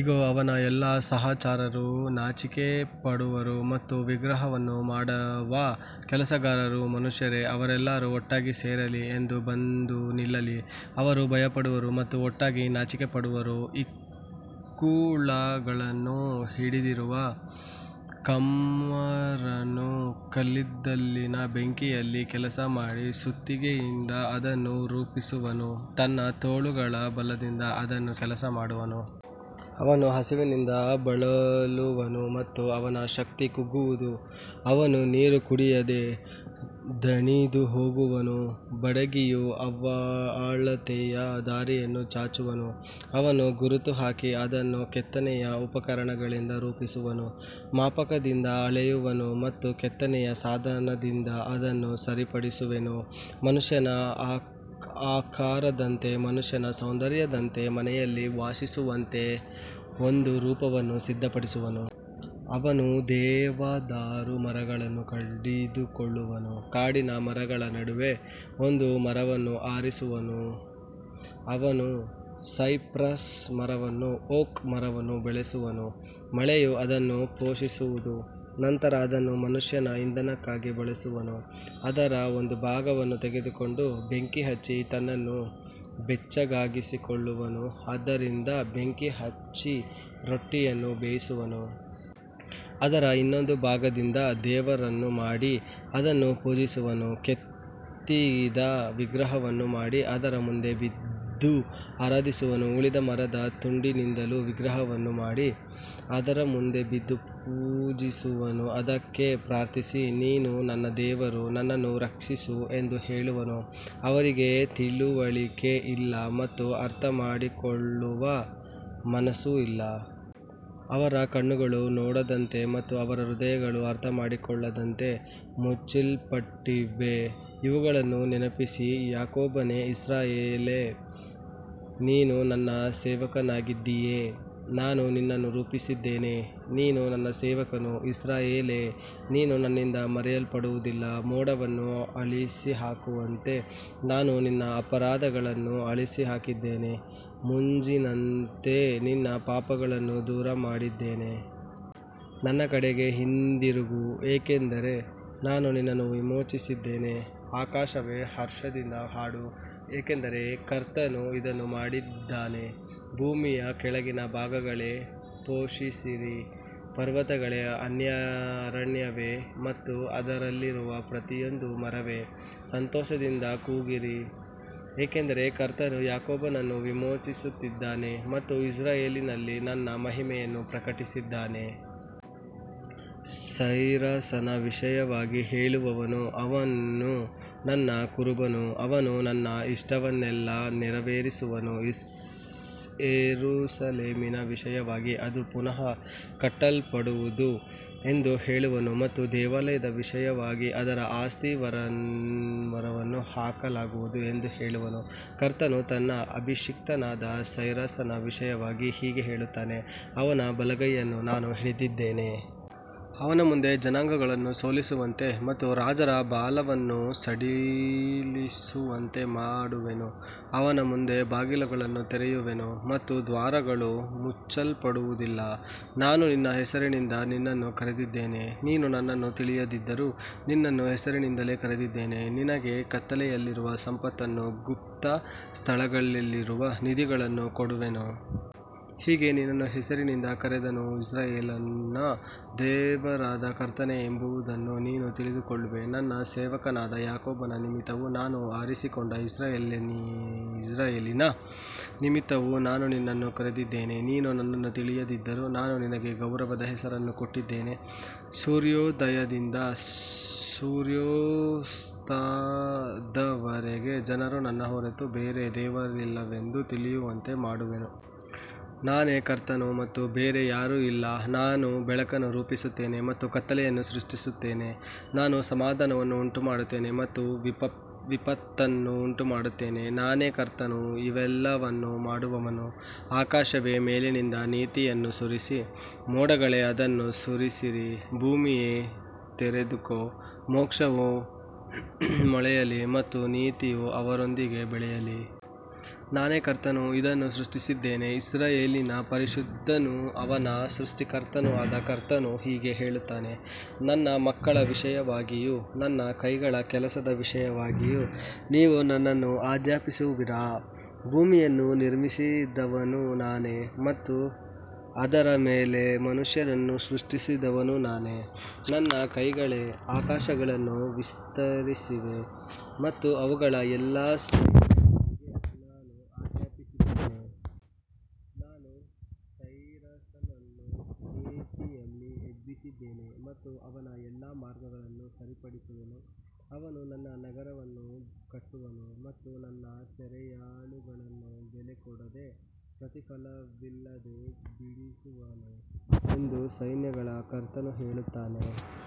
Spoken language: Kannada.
ಇಗೋ, ಅವನ ಎಲ್ಲಾ ಸಹಚರರು ನಾಚಿಕೆಪಡುವರು ಮತ್ತು ವಿಗ್ರಹವನ್ನು ಮಾಡುವ ಕೆಲಸಗಾರರೂ ಮನುಷ್ಯರೇ. ಅವರೆಲ್ಲರೂ ಒಟ್ಟಾಗಿ ಸೇರಲಿ, ಮುಂದೆ ಬಂದು ನಿಲ್ಲಲಿ. ಅವರು ಭಯಪಡುವರು ಮತ್ತು ಒಟ್ಟಾಗಿ ನಾಚಿಕೆಪಡುವರು. ಇಕ್ಕುಳಗಳನ್ನು ಹಿಡಿದಿರುವ ಕಮ್ಮಾರನು ಕಲ್ಲಿದ್ದಲಿನ ಬೆಂಕಿಯಲ್ಲಿ ಕೆಲಸಮಾಡಿ ಸುತ್ತಿಗೆಯಿಂದ ಅದನ್ನು ರೂಪಿಸುವನು. ತನ್ನ ತೋಳುಗಳ ಬಲದಿಂದ ಅದನ್ನು ಕೆಲಸಮಾಡುವನು. ಅವನು ಹಸಿವಿನಿಂದ ಬಳಲುವನು ಮತ್ತು ಅವನ ಶಕ್ತಿ ಕುಗ್ಗುವುದು. ಅವನು ನೀರು ಕುಡಿಯದೆ ದಣಿದುಹೋಗುವನು. ಬಡಗಿಯು ಅಳತೆಯ ದಾರಿಯನ್ನು ಚಾಚುವನು. ಅವನು ಗುರುತು ಹಾಕಿ ಅದನ್ನು ಕೆತ್ತನೆಯ ಉಪಕರಣಗಳಿಂದ ರೂಪಿಸುವನು. ಮಾಪಕದಿಂದ ಅಳೆಯುವನು ಮತ್ತು ಕೆತ್ತನೆಯ ಸಾಧನದಿಂದ ಅದನ್ನು ಸರಿಪಡಿಸುವನು. ಮನುಷ್ಯನ ಆಕಾರದಂತೆ, ಮನುಷ್ಯನ ಸೌಂದರ್ಯದಂತೆ, ಮನೆಯಲ್ಲಿ ವಾಸಿಸುವಂತೆ ಒಂದು ರೂಪವನ್ನು ಸಿದ್ಧಪಡಿಸುವನು. ಅವನು ದೇವದಾರು ಮರಗಳನ್ನು ಕಡಿದುಕೊಳ್ಳುವನು. ಕಾಡಿನ ಮರಗಳ ನಡುವೆ ಒಂದು ಮರವನ್ನು ಆರಿಸುವನು. ಅವನು ಸೈಪ್ರಸ್ ಮರವನ್ನೂ ಓಕ್ ಮರವನ್ನೂ ಬೆಳೆಸುವನು. ಮಳೆಯು ಅದನ್ನು ಪೋಷಿಸುವುದು. ನಂತರ ಅದನ್ನು ಮನುಷ್ಯನು ಇಂಧನಕ್ಕಾಗಿ ಬಳಸುವನು. ಅದರ ಒಂದು ಭಾಗವನ್ನು ತೆಗೆದುಕೊಂಡು ಬೆಂಕಿ ಹಚ್ಚಿ ತನ್ನನ್ನು ಬೆಚ್ಚಗಾಗಿಸಿಕೊಳ್ಳುವನು. ಅದರಿಂದ ಬೆಂಕಿ ಹಚ್ಚಿ ರೊಟ್ಟಿಯನ್ನು ಬೇಯಿಸುವನು. ಅದರ ಇನ್ನೊಂದು ಭಾಗದಿಂದ ದೇವರನ್ನು ಮಾಡಿ ಅದನ್ನು ಪೂಜಿಸುವನು. ಕೆತ್ತಿದ ವಿಗ್ರಹವನ್ನು ಮಾಡಿ ಅದರ ಮುಂದೆ ಬಿದ್ದು ಆರಾಧಿಸುವನು. ಉಳಿದ ಮರದ ತುಂಡಿನಿಂದಲೂ ವಿಗ್ರಹವನ್ನು ಮಾಡಿ ಅದರ ಮುಂದೆ ಬಿದ್ದು ಪೂಜಿಸುವನು. ಅದಕ್ಕೆ ಪ್ರಾರ್ಥಿಸಿ, ನೀನು ನನ್ನ ದೇವರು, ನನ್ನನ್ನು ರಕ್ಷಿಸು ಎಂದು ಹೇಳುವನು. ಅವರಿಗೆ ತಿಳುವಳಿಕೆ ಇಲ್ಲ ಮತ್ತು ಅರ್ಥಮಾಡಿಕೊಳ್ಳುವ ಮನಸ್ಸೂ ಇಲ್ಲ. ಅವರ ಕಣ್ಣುಗಳು ನೋಡದಂತೆ ಮತ್ತು ಅವರ ಹೃದಯಗಳು ಅರ್ಥಮಾಡಿಕೊಳ್ಳದಂತೆ ಮುಚ್ಚಲ್ಪಟ್ಟಿವೆ. ಇವುಗಳನ್ನು ನೆನಪಿಸು, ಯಾಕೋಬನೇ, ಇಸ್ರಾಯೇಲೇ, ನೀನು ನನ್ನ ಸೇವಕನಾಗಿದ್ದೀಯೆ. ನಾನು ನಿನ್ನನ್ನು ರೂಪಿಸಿದ್ದೇನೆ. ನೀನು ನನ್ನ ಸೇವಕನು. ಇಸ್ರಾಯೇಲೇ, ನೀನು ನನ್ನಿಂದ ಮರೆಯಲ್ಪಡುವುದಿಲ್ಲ. ಮೋಡವನ್ನು ಅಳಿಸಿಹಾಕುವಂತೆ ನಾನು ನಿನ್ನ ಅಪರಾಧಗಳನ್ನು ಅಳಿಸಿಹಾಕಿದ್ದೇನೆ. ಮಂಜಿನಂತೆ ನಿನ್ನ ಪಾಪಗಳನ್ನು ದೂರಮಾಡಿದ್ದೇನೆ. ನನ್ನ ಕಡೆಗೆ ಹಿಂದಿರುಗು, ಏಕೆಂದರೆ ನಾನು ನಿನ್ನನ್ನು ವಿಮೋಚಿಸಿದ್ದೇನೆ. ಆಕಾಶವೇ, ಹರ್ಷದಿಂದ ಹಾಡು, ಏಕೆಂದರೆ ಕರ್ತನು ಇದನ್ನು ಮಾಡಿದ್ದಾನೆ. ಭೂಮಿಯ ಕೆಳಗಿನ ಭಾಗಗಳೇ, ಘೋಷಿಸಿರಿ. ಪರ್ವತಗಳೇ, ಅರಣ್ಯವೇ ಮತ್ತು ಅದರಲ್ಲಿರುವ ಪ್ರತಿಯೊಂದು ಮರವೇ, ಸಂತೋಷದಿಂದ ಕೂಗಿರಿ. ಏಕೆಂದರೆ ಕರ್ತನು ಯಾಕೋಬನನ್ನು ವಿಮೋಚಿಸಿದ್ದಾನೆ ಮತ್ತು ಇಸ್ರಾಯೇಲಿನಲ್ಲಿ ತನ್ನ ಮಹಿಮೆಯನ್ನು ಪ್ರಕಟಿಸಿದ್ದಾನೆ. ಸೈರಸನ ವಿಷಯವಾಗಿ ಹೇಳುವವನು, ಅವನು ನನ್ನ ಕುರುಬನು. ಅವನು ನನ್ನ ಇಷ್ಟವನ್ನೆಲ್ಲ ನೆರವೇರಿಸುವನು. ಯೆರೂಸಲೇಮಿನ ವಿಷಯವಾಗಿ, ಅದು ಪುನಃ ಕಟ್ಟಲ್ಪಡುವುದು ಎಂದು ಹೇಳುವನು ಮತ್ತು ದೇವಾಲಯದ ವಿಷಯವಾಗಿ, ಅದರ ಅಸ್ತಿವಾರವನ್ನು ಹಾಕಲಾಗುವುದು ಎಂದು ಹೇಳುವನು. ಕರ್ತನು ತನ್ನ ಅಭಿಷಿಕ್ತನಾದ ಸೈರಸನ ವಿಷಯವಾಗಿ ಹೀಗೆ ಹೇಳುತ್ತಾನೆ. ಅವನ ಬಲಗೈಯನ್ನು ನಾನು ಹಿಡಿದಿದ್ದೇನೆ. ಅವನ ಮುಂದೆ ಜನಾಂಗಗಳನ್ನು ಸೋಲಿಸುವಂತೆ ಮತ್ತು ರಾಜರ ಬಲವನ್ನು ಸಡಿಲಿಸುವಂತೆ ಮಾಡುವೆನು. ಅವನ ಮುಂದೆ ಬಾಗಿಲುಗಳನ್ನು ತೆರೆಯುವೆನು ಮತ್ತು ದ್ವಾರಗಳು ಮುಚ್ಚಲ್ಪಡುವುದಿಲ್ಲ. ನಾನು ನಿನ್ನ ಹೆಸರಿನಿಂದ ನಿನ್ನನ್ನು ಕರೆದಿದ್ದೇನೆ. ನೀನು ನನ್ನನ್ನು ತಿಳಿಯದಿದ್ದರೂ ನಿನ್ನನ್ನು ಹೆಸರಿನಿಂದಲೇ ಕರೆದಿದ್ದೇನೆ. ನಿನಗೆ ಕತ್ತಲೆಯಲ್ಲಿರುವ ಸಂಪತ್ತನ್ನೂ ಗುಪ್ತ ಸ್ಥಳಗಳಲ್ಲಿರುವ ನಿಧಿಗಳನ್ನೂ ಕೊಡುವೆನು. ಹೀಗೆ ನಿನ್ನನ್ನು ಹೆಸರಿನಿಂದ ಕರೆದವನು ಇಸ್ರಾಯೇಲಿನ ದೇವರಾದ ಕರ್ತನೇ ಎಂಬುದನ್ನು ನೀನು ತಿಳಿದುಕೊಳ್ಳುವೆ. ನನ್ನ ಸೇವಕನಾದ ಯಾಕೋಬನ ನಿಮಿತ್ತವೂ ನಾನು ಆರಿಸಿಕೊಂಡ ಇಸ್ರಾಯೇಲಿನ ನಿಮಿತ್ತವೂ ನಾನು ನಿನ್ನನ್ನು ಕರೆದಿದ್ದೇನೆ. ನೀನು ನನ್ನನ್ನು ತಿಳಿಯದಿದ್ದರೂ ನಾನು ನಿನಗೆ ಗೌರವದ ಹೆಸರನ್ನು ಕೊಟ್ಟಿದ್ದೇನೆ. ಸೂರ್ಯೋದಯದಿಂದ ಸೂರ್ಯಾಸ್ತದವರೆಗೆ ಜನರು ನನ್ನ ಹೊರತು ಬೇರೆ ದೇವರಿಲ್ಲವೆಂದು ತಿಳಿಯುವಂತೆ ಮಾಡುವೆನು. ನಾನೇ ಕರ್ತನು ಮತ್ತು ಬೇರೆ ಯಾರೂ ಇಲ್ಲ. ನಾನು ಬೆಳಕನ್ನು ರೂಪಿಸುತ್ತೇನೆ ಮತ್ತು ಕತ್ತಲೆಯನ್ನು ಸೃಷ್ಟಿಸುತ್ತೇನೆ. ನಾನು ಸಮಾಧಾನವನ್ನು ಉಂಟುಮಾಡುತ್ತೇನೆ ಮತ್ತು ವಿಪತ್ತನ್ನು ಉಂಟುಮಾಡುತ್ತೇನೆ. ನಾನೇ ಕರ್ತನು, ಇವೆಲ್ಲವನ್ನೂ ಮಾಡುವವನು. ಆಕಾಶವೇ, ಮೇಲಿನಿಂದ ನೀತಿಯನ್ನು ಸುರಿಸು. ಮೋಡಗಳೇ, ಅದನ್ನು ಸುರಿಸಿರಿ. ಭೂಮಿಯೇ, ತೆರೆದುಕೋ. ಮೋಕ್ಷವು ಮೊಳೆಯಲಿ ಮತ್ತು ನೀತಿಯು ಅದರೊಂದಿಗೆ ಬೆಳೆಯಲಿ. ನಾನೇ ಕರ್ತನು ಇದನ್ನು ಸೃಷ್ಟಿಸಿದ್ದೇನೆ. ಇಸ್ರಾಯೇಲಿನ ಪರಿಶುದ್ಧನೂ ಅವನ ಸೃಷ್ಟಿಕರ್ತನೂ ಆದ ಕರ್ತನು ಹೀಗೆ ಹೇಳುತ್ತಾನೆ. ನನ್ನ ಮಕ್ಕಳ ವಿಷಯವಾಗಿಯೂ ನನ್ನ ಕೈಗಳ ಕೆಲಸದ ವಿಷಯವಾಗಿಯೂ ನೀವು ನನಗೆ ಆಜ್ಞಾಪಿಸುವಿರಾ? ಭೂಮಿಯನ್ನು ನಿರ್ಮಿಸಿದವನು ನಾನೇ ಮತ್ತು ಅದರ ಮೇಲೆ ಮನುಷ್ಯನನ್ನು ಸೃಷ್ಟಿಸಿದವನು ನಾನೇ. ನನ್ನ ಕೈಗಳೇ ಆಕಾಶಗಳನ್ನು ವಿಸ್ತರಿಸಿವೆ ಮತ್ತು ಅವುಗಳ ಎಲ್ಲಾ ಸೈನ್ಯಗಳಿಗೆ ನಾನು ಆಜ್ಞಾಪಿಸಿದ್ದೇನೆ. ನಾನು ಸೈರಸನನ್ನು ನೀತಿಯಲ್ಲಿ ಎಬ್ಬಿಸಿದ್ದೇನೆ ಮತ್ತು ಅವನ ಎಲ್ಲಾ ಮಾರ್ಗಗಳನ್ನು ಸರಿಪಡಿಸುವೆನು. ಅವನು ನನ್ನ ನಗರವನ್ನು ಕಟ್ಟುವನು ಮತ್ತು ನನ್ನ ಸೆರೆಯಾಳುಗಳನ್ನು ಬೆಲೆಕೊಡದೆ, ಪ್ರತಿಫಲವಿಲ್ಲದೆ ಬಿಡಿಸುವನು ಎಂದು ಸೈನ್ಯಗಳ ಕರ್ತನು ಹೇಳುತ್ತಾನೆ.